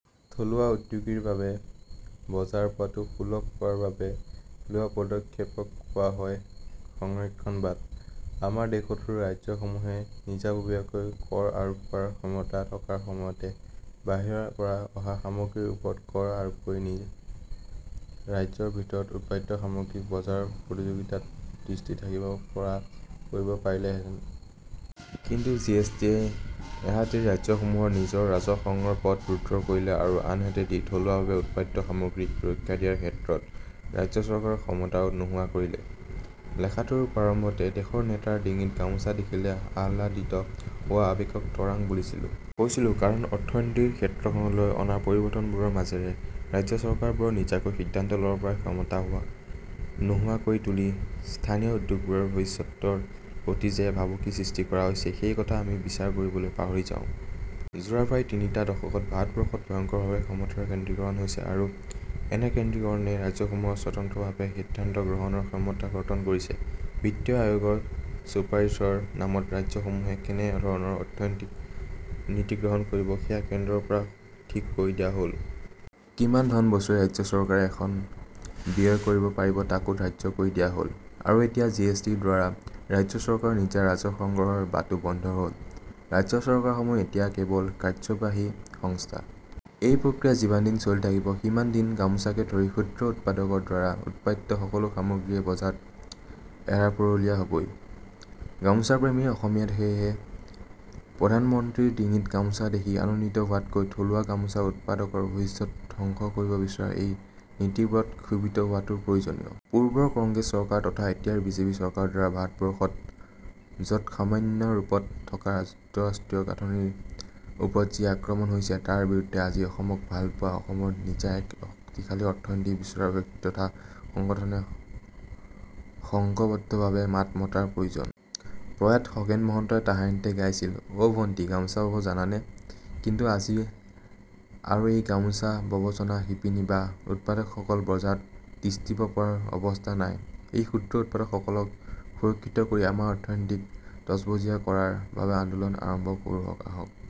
থলুৱা উদ্যোগীৰ বাবে বজাৰ পোৱাটো সুলভ কৰাৰ বাবে লোৱা পদক্ষেপক কোৱা হয় সংৰক্ষণবাদ। আমাৰ দেশতো ৰাজ্যসমূহে নিজাববীয়াকৈ কৰ আৰোপ কৰাৰ ক্ষমতা থকাৰ সময়তে বাহিৰৰ পৰা অহা সামগ্ৰীৰ ওপৰত কৰ আৰোপ কৰি ৰাজ্যৰ ভিতৰত উৎপাদিত সামগ্ৰীক বজাৰৰ প্ৰতিযোগিতাত তিষ্ঠি থাকিব পৰা কৰিব পাৰিলেহেঁতেন। কিন্তু জি এছ টিয়ে এহাতেদি ৰাজ্যসমূহৰ নিজৰ ৰাজহ সংগ্ৰহৰ পথ ৰুদ্ধ কৰিলে আৰু আনহাতেদি থলুৱাভাৱে উৎপাদিত সামগ্ৰীক সুৰক্ষা দিয়াৰ ক্ষেত্ৰত ৰাজ্য চৰকাৰৰ ক্ষমতাও নোহোৱা কৰিলে। লেখাটোৰ প্ৰাৰম্ভতে দেশৰ নেতাৰ ডিঙিত গামোচা দেখিলেই আহ্লাদিত হোৱা আৱেগক তৰাং বুলিছিলোঁ। কৈছিলোঁ কাৰণ অৰ্থনীতিৰ ক্ষেত্ৰখনলৈ অনা পৰিৱৰ্তনবোৰৰ মাজেৰে ৰাজ্য চৰকাৰবোৰৰ নিজাকৈ সিদ্ধান্ত ল'ব পৰা ক্ষমতা নোহোৱা কৰি তুলি স্থানীয় উদ্যোগবোৰৰ ভৱিষ্যতৰ প্ৰতি যে ভাবুকি সৃষ্টি কৰা হৈছে, সেই কথা আমি বিচাৰ কৰিবলৈ পাহৰি যাওঁ। যোৱা প্ৰায় তিনিটা দশকত ভাৰতবৰ্ষত ভয়ংকৰভাৱে ক্ষমতাৰ কেন্দ্ৰীকৰণ হৈছে আৰু এনে কেন্দ্ৰীকৰণে ৰাজ্যসমূহৰ স্বতন্ত্ৰভাৱে সিদ্ধান্ত গ্ৰহণৰ ক্ষমতা কৰ্তন কৰিছে। বিত্তীয় আয়োগৰ চুপাৰিচৰ নামত ৰাজ্যসমূহে কেনে ধৰণৰ অৰ্থনৈতিক নীতি গ্ৰহণ কৰিব সেয়া কেন্দ্ৰৰ পৰা ঠিক কৰি দিয়া হ'ল। কিমান ধন বছৰি ৰাজ্য চৰকাৰ এখনে ব্যয় কৰিব পাৰিব তাকো ধাৰ্য্য কৰি দিয়া হ'ল। আৰু এতিয়া জি এছ টিৰ দ্বাৰা ৰাজ্য চৰকাৰৰ নিজা ৰাজহ সংগ্ৰহৰ বাটো বন্ধ হ'ল। ৰাজ্য চৰকাৰসমূহ এতিয়া কেৱল কাৰ্য্যবাহী সংস্থা। এই প্ৰক্ৰিয়া যিমান দিন চলি থাকিব সিমান দিন গামোচাকে ধৰি ক্ষুদ্ৰ উৎপাদকৰ দ্বাৰা উৎপাদিত সকলো সামগ্ৰীয়েই বজাৰত এৰাপৰলীয়া হ'বই। গামোচাপ্ৰেমী অসমীয়াই সেয়েহে প্ৰধান মন্ত্ৰীৰ ডিঙিত গামোচা দেখি আনন্দিত হোৱাতকৈ থলুৱা গামোচা উৎপাদকৰ ভৱিষ্যৎ ধ্বংস কৰিব বিচৰা এই নীতিবোৰত ক্ষোভিত হোৱাটো প্ৰয়োজনীয়। পূৰ্বৰ কংগ্ৰেছ চৰকাৰ তথা এতিয়াৰ বিজেপি চৰকাৰৰ দ্বাৰা ভাৰতবৰ্ষত যৎসামান্য ৰূপত থকা যুক্তৰাষ্ট্ৰীয় গাঁথনিৰ ওপৰত যি আক্ৰমণ হৈছে তাৰ বিৰুদ্ধে আজি অসমক ভালপোৱা, অসমৰ নিজা এক শক্তিশালী অৰ্থনীতি বিচৰা ব্যক্তি তথা সংগঠনে সংঘবদ্ধভাৱে মাত মতাৰ প্ৰয়োজন। প্ৰয়াত খগেন মহন্তই তাহানিতে গাইছিল— 'অ' ভণ্টি গামোচা বব জানানে', কিন্তু আজি আৰু এই গামোচা বব জনা শিপিনী বা উৎপাদকসকল বজাৰত তিষ্ঠিব পৰাৰ অৱস্থা নাই। এই ক্ষুদ্ৰ উৎপাদকসকলক সুৰক্ষিত কৰি আমাৰ অৰ্থনীতিক তজবজীয়া কৰাৰ বাবে আন্দোলন আৰম্ভ কৰোঁহঁক আহক।